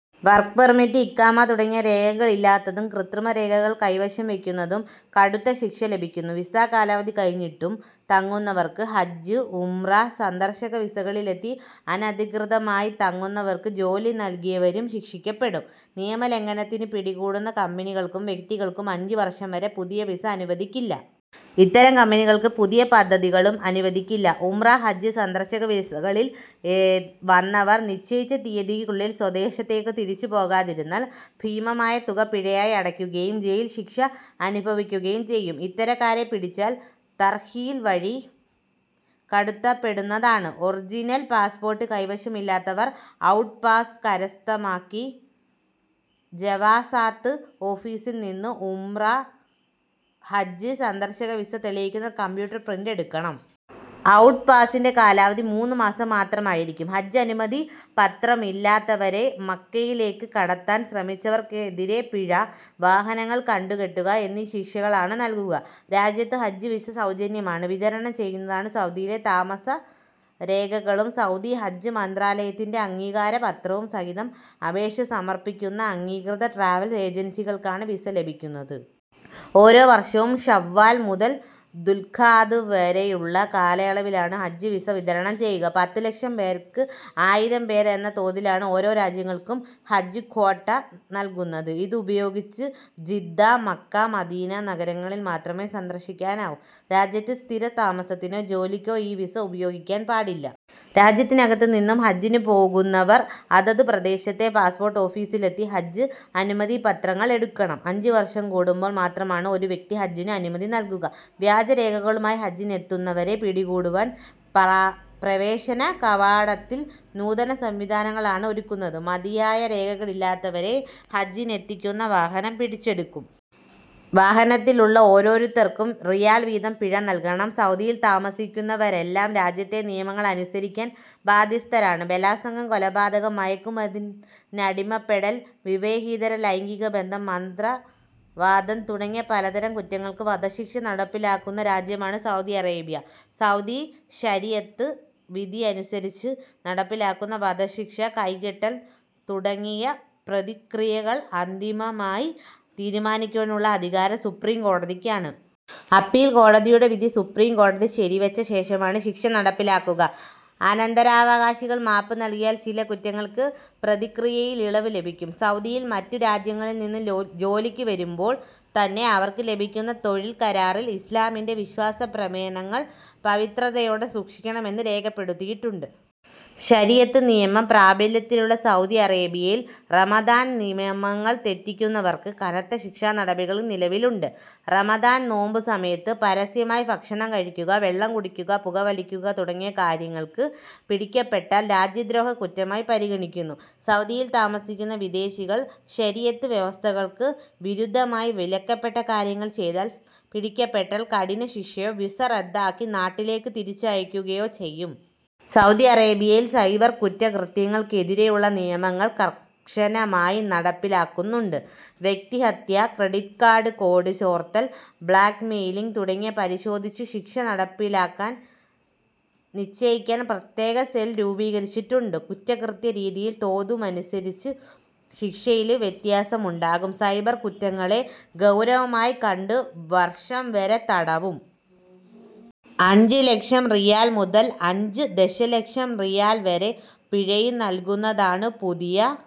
Work permit, ഇഖാമ തുടങ്ങിയ രേഖകൾ ഇല്ലാത്തതും കൃത്രിമരേഖകൾ കൈവശം വെക്കുന്നതും കടുത്ത ശിക്ഷ ലഭിക്കുന്നു. വിസ കാലാവധി കഴിഞ്ഞും തങ്ങുന്നവരും ഹജ്ജ്, ഉംറ, സന്ദർശക വിസകളിലെത്തി അനധികൃതമായി തങ്ങുന്നവർക്ക് ജോലി നൽകിയവരും ശിക്ഷിക്കപ്പെടും. നിയമലംഘനത്തിനു പിടികൂടുന്ന കമ്പനികൾക്കും വ്യക്തികൾക്കും അഞ്ചു വർഷം വരെ പുതിയ വിസ അനുവദിക്കില്ല. ഇത്തരം കമ്പനികൾക്ക് പുതിയ പദ്ധതികളും അനുവദിക്കില്ല. ഉംറ, ഹജ്ജ്, സന്ദർശക വിസകളിൽ വന്നവർ നിശ്ചയിച്ച തീയതിക്കുള്ളിൽ സ്വദേശത്തേക്ക് തിരിച്ചു പോകാതിരുന്നാൽ ഭീമമായ തുക പിഴയായി അടക്കുകയും ജയിൽ ശിക്ഷ അനുഭവിക്കുകയും ചെയ്യും. ഇത്തരക്കാരെ പിടിച്ചാൽ തർഹീൽ വഴി നാട് കടത്തപ്പെടുന്നതാണ്. ഒറിജിനൽ പാസ്പോർട്ട് കൈവശമില്ലാത്തവർ ഔട്ട്പാസ് കരസ്ഥമാക്കി ജവാസാത്ത് ഓഫീസിൽനിന്ന് ഉംറ/ ഹജ്ജ്/ സന്ദർശക വിസ തെളിയിക്കുന്ന കമ്പ്യൂട്ടർ പ്രിന്റ് എടുക്കണം. ഔട്ട് പാസിന്റെ കാലാവധി മൂന്ന് മാസം മാത്രമായിരിക്കും. ഹജ്ജ് അനുമതി പത്രമില്ലാത്തവരെ മക്കയിലേക്ക് കടത്താൻ ശ്രമിച്ചവർക്കെതിരെ പിഴ, വാഹനങ്ങൾ കണ്ടുകെട്ടുക എന്നീ ശിക്ഷകളാണ് നൽകുക. രാജ്യത്ത് ഹജ്ജ് വിസ സൗജന്യമായാണ് വിതരണം ചെയ്യുന്നത്. സൗദിയിലെ താമസരേഖകളും സൗദി ഹജ്ജ് മന്ത്രാലയത്തിന്റെ അംഗീകാരപത്രവും സഹിതം അപേക്ഷ സമർപിക്കുന്ന അംഗീകൃത ട്രാവൽ ഏജൻസികൾക്കാണ് വിസ ലഭിക്കുന്നത്. ഓരോ വർഷവും ശവ്വാൽ മുതൽ ദുൽഖഅദ് വരെയുള്ള കാലയളവിലാണ് ഹജ്ജ് വിസ വിതരണം ചെയ്യുക. പത്ത് ലക്ഷം പേർക്ക് ആയിരം പേർ എന്ന തോതിലാണ് ഓരോ രാജ്യങ്ങൾക്കും ഹജ്ജ് ക്വാട്ട നൽകുന്നത്. ഇതുപയോഗിച്ച് ജിദ്ദ, മക്ക, മദീന നഗരങ്ങളിൽ മാത്രമേ സന്ദർശിക്കാവൂ. രാജ്യത്ത് സ്ഥിര താമസത്തിനോ ജോലിക്കോ ഈ വിസ ഉപയോഗിക്കാൻ പാടില്ല. രാജ്യത്തിനകത്ത് നിന്നും ഹജ്ജിനു പോകുന്നവർ അതതു പ്രദേശത്തെ പാസ്പോർട്ട് ഓഫീസിലെത്തി ഹജ്ജ് അനുമതിപത്രങ്ങൾ എടുക്കണം. അഞ്ചു വർഷം കൂടുമ്പോൾ മാത്രമാണ് ഒരു വ്യക്തിക്ക് ഹജ്ജിനു അനുമതി നൽകുക. വ്യാജരേഖകളുമായി ഹജ്ജിനെത്തുന്നവരെ പിടികൂടാൻ പ്രവേശന കവാടങ്ങളിൽ നൂതന സംവിധാനങ്ങൾ ആണ് ഒരുക്കുന്നത്. മതിയായ രേഖകളില്ലാത്തവരെ ഹജ്ജിനെത്തിക്കുന്ന വാഹനം പിടിച്ചെടുക്കും. വാഹനത്തിലുള്ള ഓരോരുത്തർക്കും റിയാൽ വീതം പിഴ നൽകണം സൗദിയിൽ താമസിക്കുന്നവരെല്ലാം രാജ്യത്തെ നിയമങ്ങൾ അനുസരിക്കാൻ ബാധ്യസ്ഥരാണ്. ബലാത്സംഗം, കൊലപാതകം, മയക്കുമരുന്നിനടിമപ്പെടൽ, വിവാഹേതര ലൈംഗിക ബന്ധം, മന്ത്രവാദം തുടങ്ങിയ പലതരം കുറ്റങ്ങൾക്ക് വധശിക്ഷ നടപ്പാക്കുന്ന രാജ്യമാണ് സൗദി അറേബ്യ. സൗദി ശരീഅത്ത് വിധിയനുസരിച്ച് നടപ്പാക്കുന്ന വധശിക്ഷ, കൈവെട്ടൽ തുടങ്ങിയ പ്രതിക്രിയകൾ അന്തിമമായി തീരുമാനിക്കാനുള്ള അധികാരം സുപ്രീംകോടതിക്കാണ്. അപ്പീൽ കോടതിയുടെ വിധി സുപ്രീംകോടതി ശരിവെച്ച ശേഷമാണ് ശിക്ഷ നടപ്പാക്കുക. അനന്തരാവകാശികൾ മാപ്പ് നൽകിയാൽ ചില കുറ്റങ്ങൾക്ക് പ്രതിക്രിയയിൽ ഇളവ് ലഭിക്കും. സൗദിയിൽ മറ്റു രാജ്യങ്ങളിൽ നിന്നും ജോലിക്കു വരുമ്പോൾ തന്നെ അവർക്ക് ലഭിക്കുന്ന തൊഴിൽ കരാറിൽ ഇസ്ലാമിന്റെ വിശ്വാസ പ്രമാണങ്ങൾ പവിത്രതയോടെ സൂക്ഷിക്കണം എന്ന് രേഖപ്പെടുത്താറുണ്ട്. ശരീഅത്ത് നിയമം പ്രാബല്യത്തിലുള്ള സൗദി അറേബ്യയിൽ റമദാൻ നിയമങ്ങൾ തെറ്റിക്കുന്നവർക്ക് കനത്ത ശിക്ഷാ നടപടികൾ നിലവിലുണ്ട്. റമദാൻ നോമ്പു സമയത്ത് പരസ്യമായി ഭക്ഷണം കഴിക്കുക, വെളളം കുടിക്കുക, പുകവലിക്കുക തുടങ്ങിയ കാര്യങ്ങൾക്ക് പിടിക്കപ്പെട്ടാൽ രാജ്യദ്രോഹ കുറ്റമായി പരിഗണിക്കുന്നു. സൗദിയിൽ താമസിക്കുന്ന വിദേശികൾ ശരീഅത്ത് വ്യവസ്ഥക്ക് വിരുദ്ധമായ വിലക്കപ്പെട്ട കാര്യങ്ങൾ ചെയ്ത് പിടിക്കപ്പെട്ടാൽ കഠിന ശിക്ഷയോ വിസ റദ്ദാക്കി നാട്ടിലേക്ക് തിരിച്ചയക്കുകയോ ചെയ്യും. സൗദി അറേബ്യയിൽ സൈബർ കുറ്റകൃത്യങ്ങൾക്കെതിരെയുളള നിയമങ്ങൾ കർശനമായി നടപ്പാക്കുന്നുണ്ട്. വ്യക്തിഹത്യ, ക്രെഡിറ്റ് കാർഡ് കോഡ് ചോർത്തൽ, ബ്ലാക്ക്മെയ്ലിങ് തുടങ്ങിയവ പരിശോധിച്ചു ശിക്ഷാ നടപടികൾ നിശ്ചയിക്കാൻ പ്രത്യേക സെൽ രൂപീകരിച്ചിട്ടുണ്ട്. കുറ്റകൃത്യ രീതിയും തോതുമനുസരിച്ചു ശിക്ഷയിലും വ്യത്യാസമുണ്ടാകും. സൈബർ കുറ്റകൃത്യങ്ങളെ ഗൗരവകരമായി കണ്ടു വർഷം വരെ തടവും അഞ്ച് ലക്ഷം റിയാൽ മുതൽ അഞ്ച് ദശലക്ഷം റിയാൽ വരെ പിഴയും നൽകുന്നതാണു പുതിയ